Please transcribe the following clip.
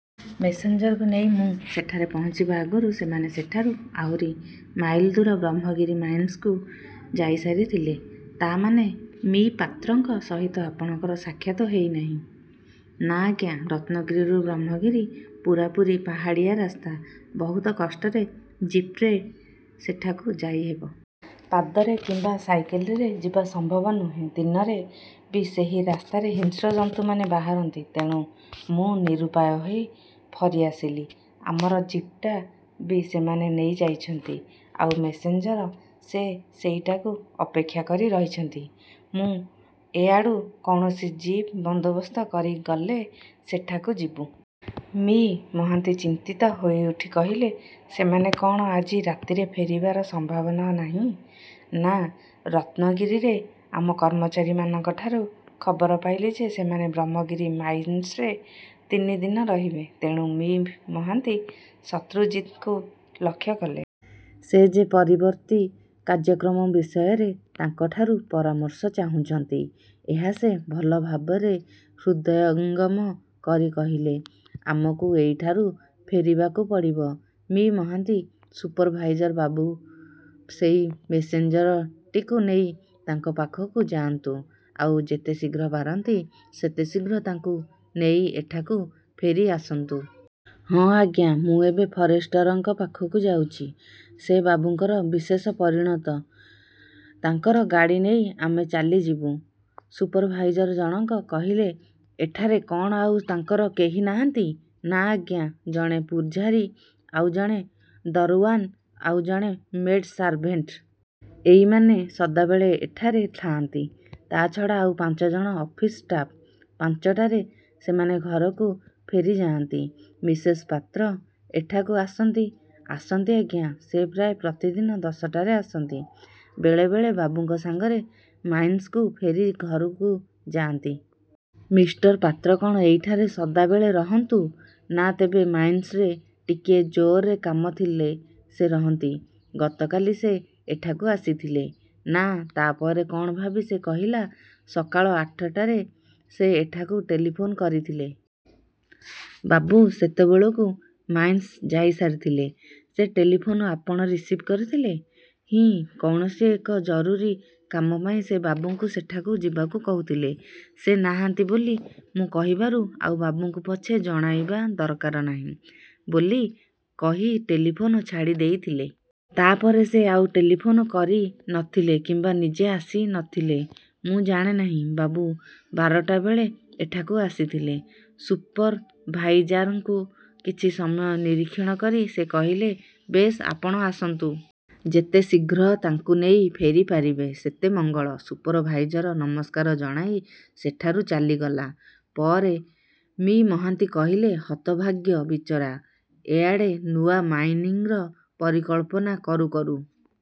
ମେସେଞ୍ଜରକୁ ନେଇ ମୁଁ ସେଠାରେ ପହଞ୍ଚିବା ଆଗରୁ ସେମାନେ ସେଠାରୁ ଆହୁରି। ମାଇଲ ଦୂର ବ୍ରହ୍ମଗିରି ମାଇନିଂସକୁ ଯାଇସାରିଥିଲେ। ' 'ତା' ମାନେ, ମି: ପାତ୍ରଙ୍କ ସହିତ ଆପଣଙ୍କର ସାକ୍ଷାତ ହେଇନାହିଁ? ' 'ନା, ଆଜ୍ଞା! ରତ୍ନଗିରିରୁ ବ୍ରହ୍ମଗିରି ପୂରାପୁରି ପାହାଡ଼ିଆ ରାସ୍ତା। ବହୁତ କଷ୍ଟରେ ଜିପ୍ରେ ସେଠାକୁ ଯାଇହେବ। ପାଦରେ କିମ୍ୱା ସାଇକେଲରେ ଯିବା ସମ୍ଭବ ନୁହେଁ। ଦିନରେ ବି ସେହି ରାସ୍ତାରେ ହିଂସ୍ରଜନ୍ତୁମାନେ ବାହାରନ୍ତି। ତେଣୁ ମୁଁ ନିରୁପାୟ ହୋଇ ଫରିଆସିଲି। ଆମର ଜିପ୍ଟା ବି ସେମାନେ ନେଇଯାଇଛନ୍ତି। ' 'ଆଉ ମେସେଞ୍ଜର? ' 'ସେ ସେଇଠାକୁ ଅପେକ୍ଷା କରି ରହିଛନ୍ତି। ମୁଁ ଏଆଡ଼ୁ କୌଣସି ଜିପ୍ ବନ୍ଦୋବସ୍ତ କରି ଗଲେ ସେଠାକୁ ଯିବୁଁ। ' ମି: ମହାନ୍ତି ଚିନ୍ତିତ ହୋଇଉଠି କହିଲେ, 'ସେମାନେ କଣ ଆଜି ରାତିରେ ଫେରିବାର ସମ୍ଭାବନା ନାହିଁ? ' 'ନା। ' ରତ୍ନଗିରିରେ ଆମ କର୍ମଚାରୀମାନଙ୍କଠାରୁ ଖବର ପାଇଲି ଯେ ସେମାନେ ବ୍ରହ୍ମଗିରି ମାଇନ୍ସରେ ତିନି ଦିନ ରହିବେ। ତେଣୁ' ମି: ମହାନ୍ତି ଶତ୍ରୁଜିତଙ୍କୁ ଲକ୍ଷ୍ୟ କଲେ। ସେ ଯେ ପରିବର୍ତ୍ତୀ କାର୍ଯ୍ୟକ୍ରମ ବିଷୟରେ ତାଙ୍କଠାରୁ ପରାର୍ମଶ ଚାହୁଁଛନ୍ତି ଏହା ସେ ଭଲ ଭାବରେ ହୃଦୟଙ୍ଗମ କରି କହିଲେ, 'ଆମକୁ ଏଇଠାରୁ ଫେରିବାକୁ ପଡ଼ିବ, ମି: ମହାନ୍ତି! ସୁପରଭାଇଜାରବାବୁ ସେଇ ମେସେଞ୍ଜରଟିକୁ ନେଇ ତାଙ୍କ ପାଖକୁ ଯାଆନ୍ତୁ, ଆଉ ଯେତେ ଶୀଘ୍ର ପାରନ୍ତି ସେତେ ଶୀଘ୍ର ତାଙ୍କୁ ନେଇ ଏଠାକୁ ଫେରି ଆସନ୍ତୁ। ' 'ହଁ ଆଜ୍ଞା, ମୁଁ ଏବେ ଫରେଷ୍ଟରଙ୍କ ପାଖକୁ ଯାଉଛି। ସେ ବାବୁଙ୍କର ବିଶେଷ ପରିଣତ-। ତାଙ୍କର ଗାଡ଼ି ନେଇ ଆମେ ଚାଲିଯିବୁଁ। ' ସୁପରଭାଇଜାର ଜଣକ କହିଲେ। 'ଏଠାରେ କ'ଣ ଆଉ ତାଙ୍କର କେହି। ନାହାନ୍ତି? ' 'ନା-ଆଜ୍ଞା! ଜଣେ ପୁଝାରୀ, ଆଉଜଣେ ଦରଓ୍ୟାନ ଆଉ ଜଣେ ମେଡ଼୍ ସାର୍ଭେଣ୍ଟ। ଏଇମାନେ ସଦାବେଳେ ଏଠାରେ ଥାଆନ୍ତି। ତା'ଛଡ଼ା ଆଉ ପାଞ୍ଚଜଣ ଅଫିସ ଷ୍ଟାଫ୍। ପାଞ୍ଚଟାରେ ସେମାନେ ଘରକୁ ଫେରିଯାଆନ୍ତି। ' 'ମିସେସ ପାତ୍ର ଏଠାକୁ ଆସନ୍ତି? ' 'ଆସନ୍ତି, ଆଜ୍ଞା! ସେ ପ୍ରାୟ ପ୍ରତିଦିନ ଦଶଟାରେ ଆସନ୍ତି। ବେଳେବେଳେ ବାବୁଙ୍କ ସାଙ୍ଗରେ ମାଇନିଂସରୁ ଫେରି ଘରକୁ ଯାଆନ୍ତି। ' 'ମିଷ୍ଟର ପାତ୍ର କଣ ଏଇଠାରେ ସଦାବେଳେ ରହନ୍ତୁ? ' 'ନା, ତେବେ ମାଇନିଂସରେ ଟିକିଏ ଜୋରରେ କାମ ଥିଲେ ସେ ରହନ୍ତି। ' 'ଗତ କାଲି ସେ ଏଠାକୁ ଆସିଥିଲେ? ' 'ନା। ତାପରେ କ'ଣ ଭାବି ସେ କହିଲା, 'ସକାଳ ଆଠଟରେ ସେ ଏଠାକୁ ଟେଲିଫୋନ୍ କରିଥିଲେ। ବାବୁ ସେତେବେଳକୁ ମାଇନିଂ ଯାଇସାରିଥିଲେ। ' 'ସେ ଟେଲିଫୋନ ଆପଣ ରିସିଭ୍ କରିଥିଲେ? ' 'ହିଁ, କୌଣସି ଏକ ଜରୁରୀ କାମ ପାଇଁ ସେ ବାବୁଙ୍କୁ ସେଠାକୁ ଯିବାକୁ କହୁଥିଲେ। ସେ ନାହାନ୍ତି ବୋଲି ମୁଁ କହିବାରୁ ଆଉ ବାବୁଙ୍କୁ ପଛେ ଜଣାଇବା ଦରକାର ନାହିଁ ବୋଲି କହି ଟେଲିଫୋନ ଛାଡ଼ିଦେଇଥିଲେ। ' 'ତା'ପରେ ସେ ଆଉ ଟେଲିଫୋନ କରି ନ ଥିଲେ କିମ୍ୱା ନିଜେ ଆସି ନ ଥିଲେ? ' 'ମୁଁ ଜାଣେ ନାହିଁ। ବାବୁ ବାରଟା ବେଳେ ଏଠାକୁ ଆସିଥିଲେ। ' ସୁପରଭାଇଜାରଙ୍କୁ କିଛି ସମୟ ନିରୀକ୍ଷଣ କରି ସେ କହିଲେ, 'ବେଶ୍ ଆପଣ ଆସନ୍ତୁ। ଯେତେ ଶୀଘ୍ର ତାଙ୍କୁ ନେଇ ଫେରିପାରିବେ ସେତେ ମଙ୍ଗଳ। ' ସୁପରଭାଇଜର ନମସ୍କାର ଜଣାଇ ସେଠାରୁ ଚାଲିଗଲା ପରେ ମି: ମହାନ୍ତି କହିଲେ, 'ହତଭାଗ୍ୟ ବିଚରା, ଏଆଡ଼େ ନୂଆ ମାଇନିଙ୍ଗର ପରିକଳ୍ପନା କରୁ କରୁ